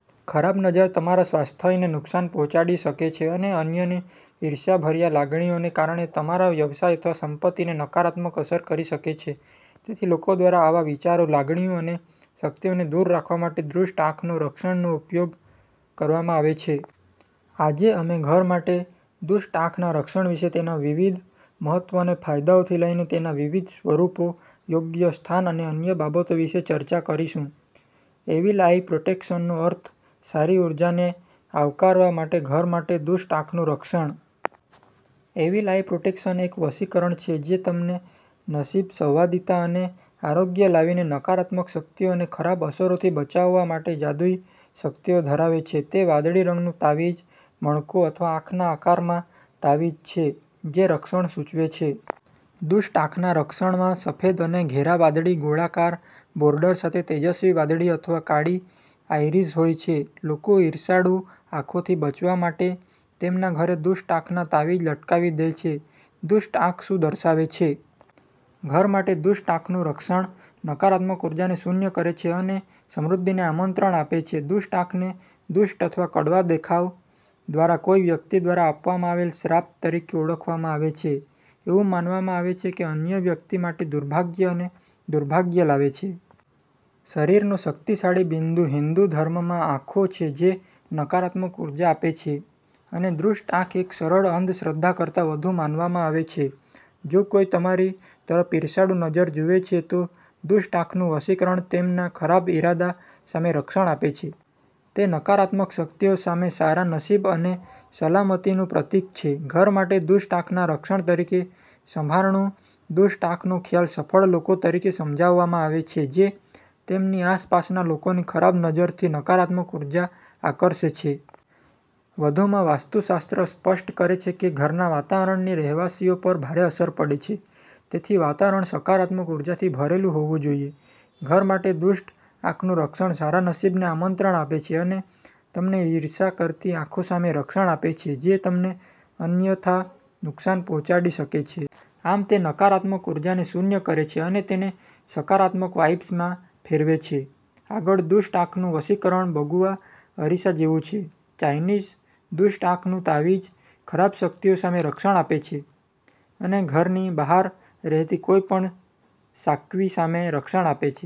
ખરાબ નજર તમારા સ્વાસ્થ્યને નુકસાન પહોંચાડી શકે છે અને અન્યની ઈર્ષ્યાભર્યા લાગણીઓને કારણે તમારા વ્યવસાય અથવા સંપત્તિને નકારાત્મક અસર કરી શકે છે. તેથી, લોકો દ્વારા આવા વિચારો, લાગણીઓ અને શક્તિઓને દૂર રાખવા માટે દુષ્ટ આંખના રક્ષણનો ઉપયોગ કરવામાં આવે છે. આજે, અમે ઘર માટે દુષ્ટ આંખના રક્ષણ વિશે, તેના મહત્વ અને ફાયદાઓથી લઈને તેના વિવિધ સ્વરૂપો, યોગ્ય સ્થાન અને અન્ય બાબતો વિશે ચર્ચા કરીશું. એવિલ આઇ પ્રોટેક્શનનો અર્થ સારી ઊર્જાને આવકારવા માટે, ઘર માટે દુષ્ટ આંખનું રક્ષણ. એવિલ આઇ પ્રોટેક્શન એક વશીકરણ છે જે તમને નસીબ, સંવાદિતા અને આરોગ્ય લાવીને નકારાત્મક શક્તિઓ અને ખરાબ અસરોથી બચાવવા માટે જાદુઈ શક્તિઓ ધરાવે છે. તે વાદળી રંગનું તાવીજ, મણકો અથવા આંખના આકારમાં તાવીજ છે જે રક્ષણ સૂચવે છે. દુષ્ટ આંખના રક્ષણમાં સફેદ અને ઘેરા વાદળી ગોળાકાર બોર્ડર સાથે તેજસ્વી વાદળી અથવા કાળી આઇરિસ હોય છે. લોકો ઈર્ષાળુ આંખોથી બચવા માટે તેમના ઘરે દુષ્ટ આંખના તાવીજ લટકાવી દે છે. દુષ્ટ આંખ શું દર્શાવે છે? ઘર માટે દુષ્ટ આંખનું રક્ષણ નકારાત્મક ઊર્જાને શૂન્ય કરે છે અને સમૃદ્ધિને આમંત્રણ આપે છે. દુષ્ટ આંખને દુષ્ટ અથવા કડવા દેખાવ દ્વારા કોઈ વ્યક્તિ દ્વારા આપવામાં આવેલ શ્રાપ તરીકે ઓળખવામાં આવે છે. એવું માનવામાં આવે છે કે અન્ય વ્યક્તિ માટે દુર્ભાગ્ય અને દુર્ભાગ્ય લાવે છે. શરીરનો શક્તિશાળી બિંદુ હિંદુ ધર્મમાં આંખો છે જે નકારાત્મક ઉર્જા આપે છે. અને દુષ્ટ આંખ એક સરળ અંધશ્રદ્ધા કરતાં વધુ માનવામાં આવે છે. જો કોઈ તમારી તરફ ઈર્ષાળુ નજરે જુએ છે, તો દુષ્ટ આંખનું વશીકરણ તેમના ખરાબ ઈરાદા સામે રક્ષણ આપે છે. તે નકારાત્મક શક્તિઓ સામે સારા નસીબ અને સલામતીનું પ્રતીક છે. ઘર માટે દુષ્ટ આંખના રક્ષણ તરીકે સંભારણું દુષ્ટ આંખનો ખ્યાલ સફળ લોકો તરીકે સમજાવવામાં આવે છે જે તેમની આસપાસના લોકોની ખરાબ નજરથી નકારાત્મક ઊર્જા આકર્ષે છે. વધુમાં, વાસ્તુશાસ્ત્ર સ્પષ્ટ કરે છે કે ઘરના વાતાવરણની રહેવાસીઓ પર ભારે અસર પડે છે. તેથી વાતાવરણ સકારાત્મક ઉર્જાથી ભરેલું હોવું જોઈએ. ઘર માટે દુષ્ટ આંખનું રક્ષણ સારા નસીબને આમંત્રણ આપે છે અને તમને ઈર્ષ્યા કરતી આંખો સામે રક્ષણ આપે છે જે તમને અન્યથા નુકસાન પહોંચાડી શકે છે. આમ, તે નકારાત્મક ઊર્જાને શૂન્ય કરે છે અને તેને સકારાત્મક વાઇબ્સમાં ફેરવે છે. આગળ, દુષ્ટ આંખનું વશીકરણ બગુઆ અરીસા જેવું છે. ચાઈનીઝ દુષ્ટ આંખનું તાવીજ ખરાબ શક્તિઓ સામે રક્ષણ આપે છે અને ઘરની બહાર રહેતી કોઈપણ "શા ક્વિ" સામે રક્ષણ આપે છે.